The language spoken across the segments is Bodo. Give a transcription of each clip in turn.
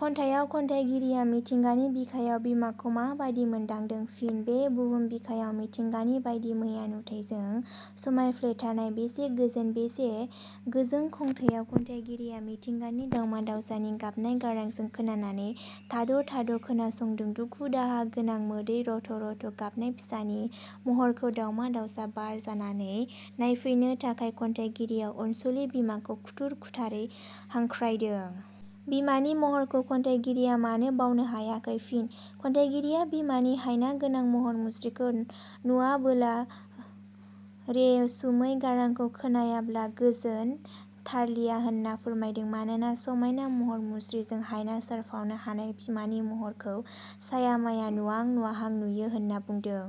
खन्थाइयाव खन्थाइगिरिया मिथिंगानि बिखायाव बिमाखौ माबादि मोन्दांदों? फिन: बे बहुम बिखाया मिथिंगानि बायदिमैया नुथायजों समायफ्लेथारनाय। बेसे गोजोन बेसे गोजों खन्थाइयाव खन्थाइगिरिया मिथिंगानि दावमा दावसानि गाबनाय गारांखौ खोनानानै थाद' थाद' खोनासंदों दुख-दाहा गोनां मोदै रथ रथ' गाबनाय फिसानि महरखौ दावमा दावसा बार जानानै नायफैनो थाखाय खन्थाइगिरिया अनसुलि बिमाखौ खुथार खुथारै हांख्राइदों। बिमानि महरखौ खन्थाइगिरिया मानो बावनो हायाखै? फिनः खन्थाइगिरिया बिमानि हायनागोनां महर मुस्रिखौ नुवाबोला, रेसुमै गारांखौ खोनायाब्ला गोजोन थारलिया होनना फोरमायदों। मानोना समायना महर मुस्रिजों हायना सारफावनो हानाय बिमानि महरखौ साया माया नुहां-नुवाहां नुयो होनना बुंदों।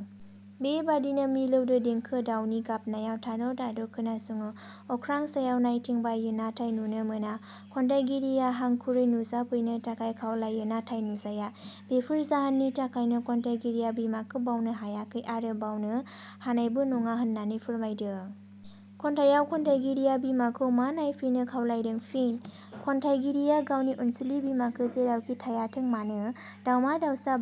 बेबादिनो मिलौदो देंखो, दावनि गाबनायाव थाद' थाद' खोनासङो, अख्रां सायाव नायथिं बायो नाथाय नुनो मोना। खन्थाइगिरिया हांखुरै नुजाफैनो थाखाय खावलायो नाथाय नुजाया। बेफोर जाहोननि थाखायनो खन्थाइगिरिया बिमाखौ बावनो हायाखै आरो बावनो हानायबो नङा होननानै फोरमायदों। खन्थाइयाव खन्थाइगिरिया बिमाखौ मा नायफैनो खावलायदों? फिनः खन्थाइगिरिया गावनि अनसुलि बिमाखौ जेरावखि थायाथों मानो दावमा दावसा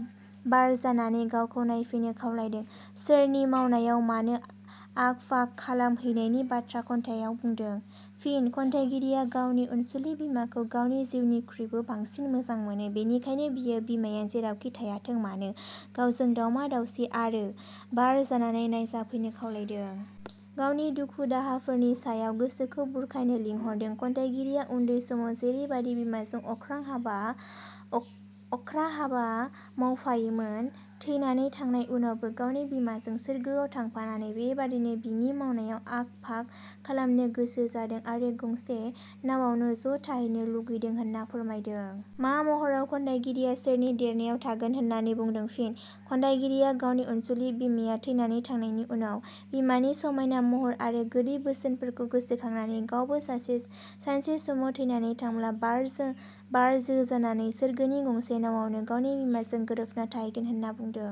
बार जानानै गावखौ नायफैनो खावलायदों। सोरनि मावनायाव मानो आख फाख खालाम हैनायनि बाथ्रा खन्थायाव बुंदों? फिनः खन्थाइगिरिया गावनि अनसुलि बिमाखौ गावनि जिउनिखुइबो बांसिन मोजां मोनो बेखायनो बियो बिमाया जेरावखि थायाथोंमानो गावजों दावमा दावसा आरो बार जानानै नुजाफैनो खावलायदों। गावनि दुख-दाहा फोरनि समाव गोसोखौ बुरखायनो लिंहरदों। खन्थाइगिरिया उन्दै समाव जैरेबादि बिमाजों अख्रा हाबा मावफायोमोन थैनानै थांनाय उनावबो गावनि बिमाजों सोरगोआव थांफानानै बेबादिनो बिनि मावनायाव आख फाख खालामनो गोसो जादों आरो गंसे नवावनो ज' थाहैनो लुबैदों होनना फोरमायदों। मा महराव खन्थाइगिरिया सोरनि देरायाव थांगोन होननानै बुंदों? फिनः खन्थाइगिरिया गावनि अनसुलि बिमाया थैनानै थांनायनि उनाव बिमानि समायना महर आरो गोदै बोसोनफोरखौ गोसोखांनानै गावबो सानसे समाव थैनानै थांबला बार जो जानानै सोरगोनि गंसे न'आवनो गावनि बिमाजों गोरोबना थाहैगोन होनना बंदों।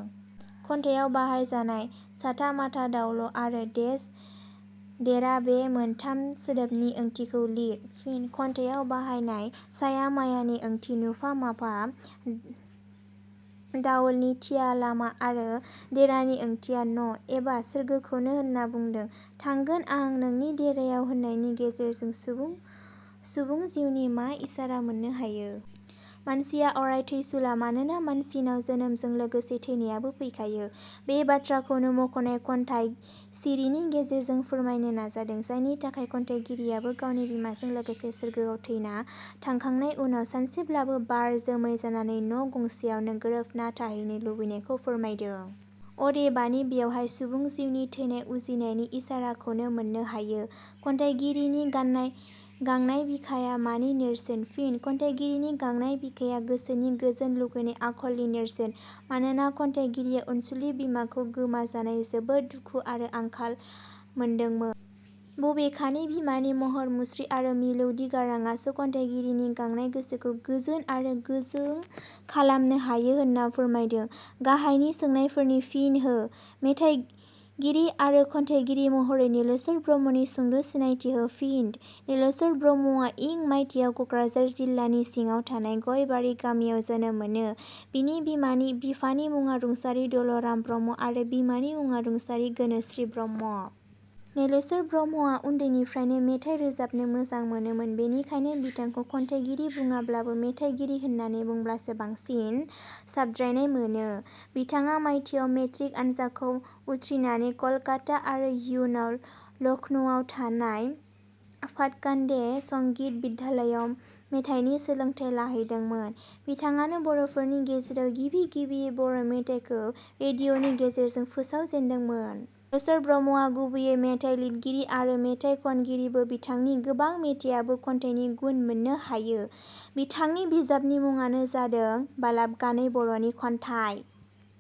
खन्थाइयाव बाहाय जानाय, 'साथा-माथा', 'दावल', आरो 'देरा' बे मोनथाम सोदोबनि ओंथिखो लिर। फिन: खन्थाइयाव बाहायनाय साया मायानि ओंथिया नुफा- माफा, दावलनि थिया-लामा आरो देरानि ओंथिया न' एबा सोरगोखौनो होनना बुंदों। 'थांगोन आं नोंनि देरायाव होननायनि गेजेरजों सुबुं जिवनि मा इसारा मोननो हायो? फिन: मानसिया अराय थैसुला मानोना मानसिनाव जोनोमजों लोगोसे थैनायाबो फैखायो। बे बाथ्राखौनो मखनाय खन्थाइ सिरिनि गेजेरजों फोरमायनो नाजादों जायनि थाखाय खन्थाइगिरियाबो गावनि बिमाजों लोगोसे सोरगोआव थैना थांखांनाय उनाव सानसेब्लाबो बार जोमै जानानै न' गंसेयावनो गोरोबनाथाहैनो लुबैनायखौ फोरमायदों। अदेबानि बेवहाय सुबुं जिउनि थैनाय उजिनायनि इसाराखौनो मोननो हायो। खन्थाइगिरिनि गांनाय बिखाया मानि नेरसोन? फिन: खन्थाइगिरिनि 'गांनाय बिखाया' गोसोनि गोजोन लुबैनाय आंखालनि नेरसोन। मानोना खन्थाइगिरिया अनसुलि बिमाखौ गोमाजानायाव जोबोर दुखु आरो आंखाल मोनदोंमोन। बबेखानि बिमानि महर मुस्रि आरो मेलौदो गाराङासो खन्थाइगिरिनि गांनाय गोसोखो गोजोन आरो गोजों खालामनो हायो होनना फोरमायदों। गाहायनि सोंनायफोरनि फिन हो मेथाइगिरि आरो खन्थाइगिरि महरै नीलेश्वर ब्रह्मनि सुंद' सिनायथि हो। फिन: नीलेश्वर ब्रह्मवा इं मायथायाव कक्राझार जिलानि सिङाव थानाय गयबारि गामियाव जोनोम मोनो बिनि बिफानि मुङा रुंसारि दल 'राम ब्रह्म आरो बिमानि मुङा रुंसारि गोनोसि ब्रह्म। नीलेश्वर ब्रह्मवा उन्दैनिफ्रायनो मेथाइ रोजाबनो मोजां मोनोमोन बेनिखायनो बिथांखौ खन्थाइगिरि बुङाब्लाबो मेथाइगिरि होननानै बुङोब्लासो बांसिन साबद्रायनाय मोनो। बिथाङा मायथायाव मेट्रिक आनजादखौ उथ्रिनानै कलिकाता आरो उनाव लक्ष्नौवाव थानाय भाटखाण्डे संगीत बिद्यालयाव मेथाइनि सोलोंथाइ लाहैदोंमोन बिथाङानो बर फोरनि गेजेराव गिबि गिबियै बर' मेथाइखौ रेडिअनि गेजेरजों फोसावजेनदोंमोन। नीलेश्वर ब्रह्मवा गुबैयै मेथाइ लिरगिरि आरो मेथाइ खनगिरिबो बिथांनि गोबां मेथायावनो खन्थाइनि गुन मोननो हायो। बिथांनि बिजाबनि मुङा जादों 'बालाबगानै बर 'नि खन्थाइ।